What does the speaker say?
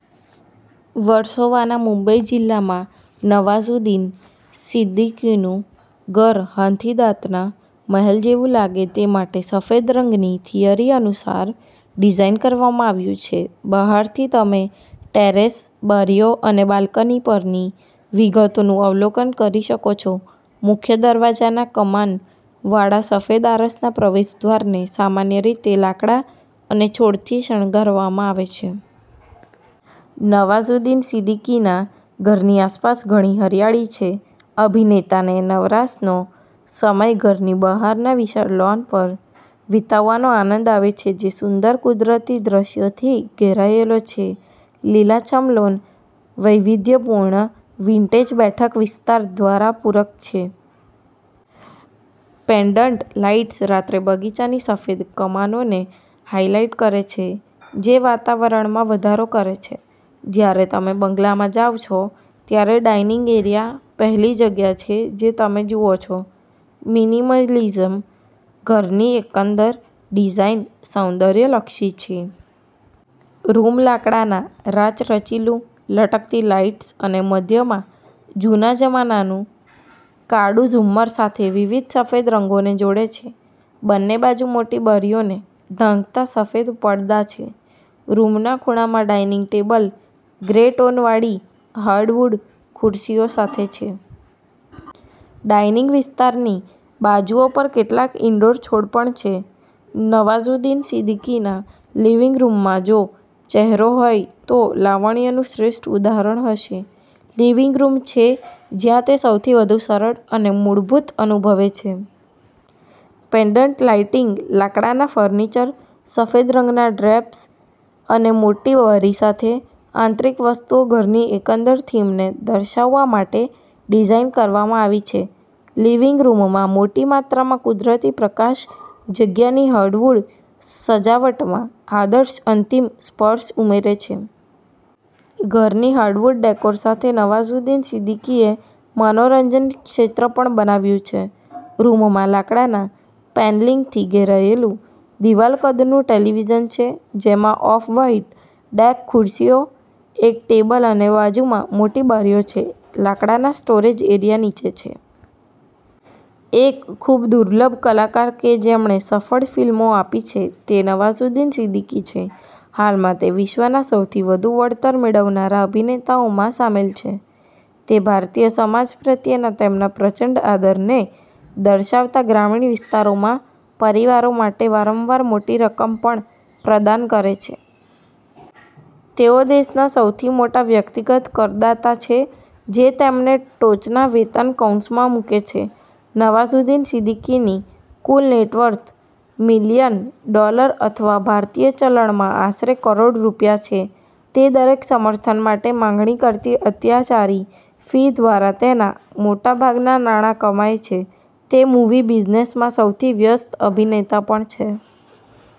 વર્સોવાના મુંબઈ જિલ્લામાં નવાઝુદ્દીન સિદ્દીકીનું ઘર હાથીદાંતના મહેલ જેવું લાગે તે માટે સફેદ રંગની થિયરી અનુસાર ડિઝાઇન કરવામાં આવ્યું છે. બહારથી તમે ટેરેસ, બારીઓ અને બાલ્કની પરની વિગતોનું અવલોકન કરી શકો છો. મુખ્ય દરવાજાના કમાન વાળા સફેદ આરસના પ્રવેશદ્વારને સામાન્ય રીતે લાકડા અને છોડથી શણગારવામાં આવે છે. નવાઝુદ્દીન સિદ્દીકીના ઘરની આસપાસ ઘણી હરિયાળી છે. અભિનેતાને નવરાશનો સમય ઘરની બહારના વિશાળ લૉન પર વિતાવવાનો આનંદ આવે છે જે સુંદર કુદરતી દૃશ્યોથી ઘેરાયેલો છે. લીલાછમ લૉન વૈવિધ્યપૂર્ણ વિન્ટેજ બેઠક વિસ્તાર દ્વારા પૂરક છે. પેન્ડન્ટ લાઇટ્સ રાત્રે બગીચાની સફેદ કમાનોને હાઇલાઇટ કરે છે જે વાતાવરણમાં વધારો કરે છે. જ્યારે તમે બંગલામાં જાવ છો, ત્યારે ડાઇનિંગ એરિયા પહેલી જગ્યા છે જે તમે જુઓ છો. મિનિમલિઝમ ઘરની એકંદર ડિઝાઇન સૌંદર્યલક્ષી છે. રૂમ લાકડાના રાચરચીલું, લટકતી લાઇટ્સ અને મધ્યમાં જૂના જમાનાનું કાળું ઝુમ્મર સાથે વિવિધ સફેદ રંગોને જોડે છે. બંને બાજુ મોટી બારીઓને ઢાંકતા સફેદ પડદા છે. રૂમના ખૂણામાં ડાઇનિંગ ટેબલ ગ્રે-ટોન વાળી હાર્ડવુડ ખુરશીઓ સાથે છે. ડાઇનિંગ વિસ્તારની બાજુઓ પર કેટલાક ઇન્ડોર છોડ પણ છે. નવાઝુદ્દીન સિદ્દીકીના લિવિંગ રૂમમાં જો ચહેરો હોય તો લાવણ્યનું શ્રેષ્ઠ ઉદાહરણ હશે. લિવિંગ રૂમ છે જ્યાં તે સૌથી વધુ સરળ અને મૂળભૂત અનુભવે છે. પેન્ડન્ટ લાઇટિંગ, લાકડાના ફર્નિચર, સફેદ રંગના ડ્રેપ્સ અને મોટી બારી સાથે, આંતરિક વસ્તુઓ ઘરની એકંદર થીમને દર્શાવવા માટે ડિઝાઇન કરવામાં આવી છે. લિવિંગ રૂમમાં મોટી માત્રામાં કુદરતી પ્રકાશ જગ્યાની હાર્ડવુડ સજાવટમાં આદર્શ અંતિમ સ્પર્શ ઉમેરે છે. ઘરની હાર્ડવુડ ડેકોર સાથે નવાઝુદ્દીન સિદ્દીકીએ મનોરંજન ક્ષેત્ર પણ બનાવ્યું છે. રૂમમાં લાકડાના પેનલિંગથી ઘેરાયેલું દિવાલ-કદનું ટેલિવિઝન છે જેમાં ઑફ-વ્હાઇટ ડેક ખુરશીઓ, એક ટેબલ અને બાજુમાં મોટી બારીઓ છે. લાકડાના સ્ટોરેજ એરિયા નીચે છે. એક ખૂબદુર્લભ કલાકાર કે જેમણે સફળ ફિલ્મો આપી છે તે નવાઝુદ્દીન સિદ્દીકી છે. હાલમાં તે વિશ્વના સૌથી વધુ વળતર મેળવનારા અભિનેતાઓમાં સામેલ છે. તે ભારતીય સમાજ પ્રત્યેના તેમના પ્રચંડ આદરને દર્શાવતા ગ્રામીણ વિસ્તારોમાં પરિવારો માટે વારંવાર મોટી રકમ પણ પ્રદાન કરે છે. તેઓ દેશના સૌથી મોટા વ્યક્તિગત કરદાતા છે જે તેમને ટોચના વેતન કૌંસમાં મૂકે છે. નવાઝુદ્દીન સિદ્દીકીની કુલ નેટવર્થ મિલિયન ડોલર અથવા ભારતીય ચલણમાં આશરે કરોડ રૂપિયા છે. તે દરેક સમર્થન માટે માંગણી કરતી અત્યાચારી ફી દ્વારા તેના મોટા ભાગના નાણાં કમાય છે. તે મૂવી બિઝનેસમાં સૌથી વ્યસ્ત અભિનેતા પણ છે.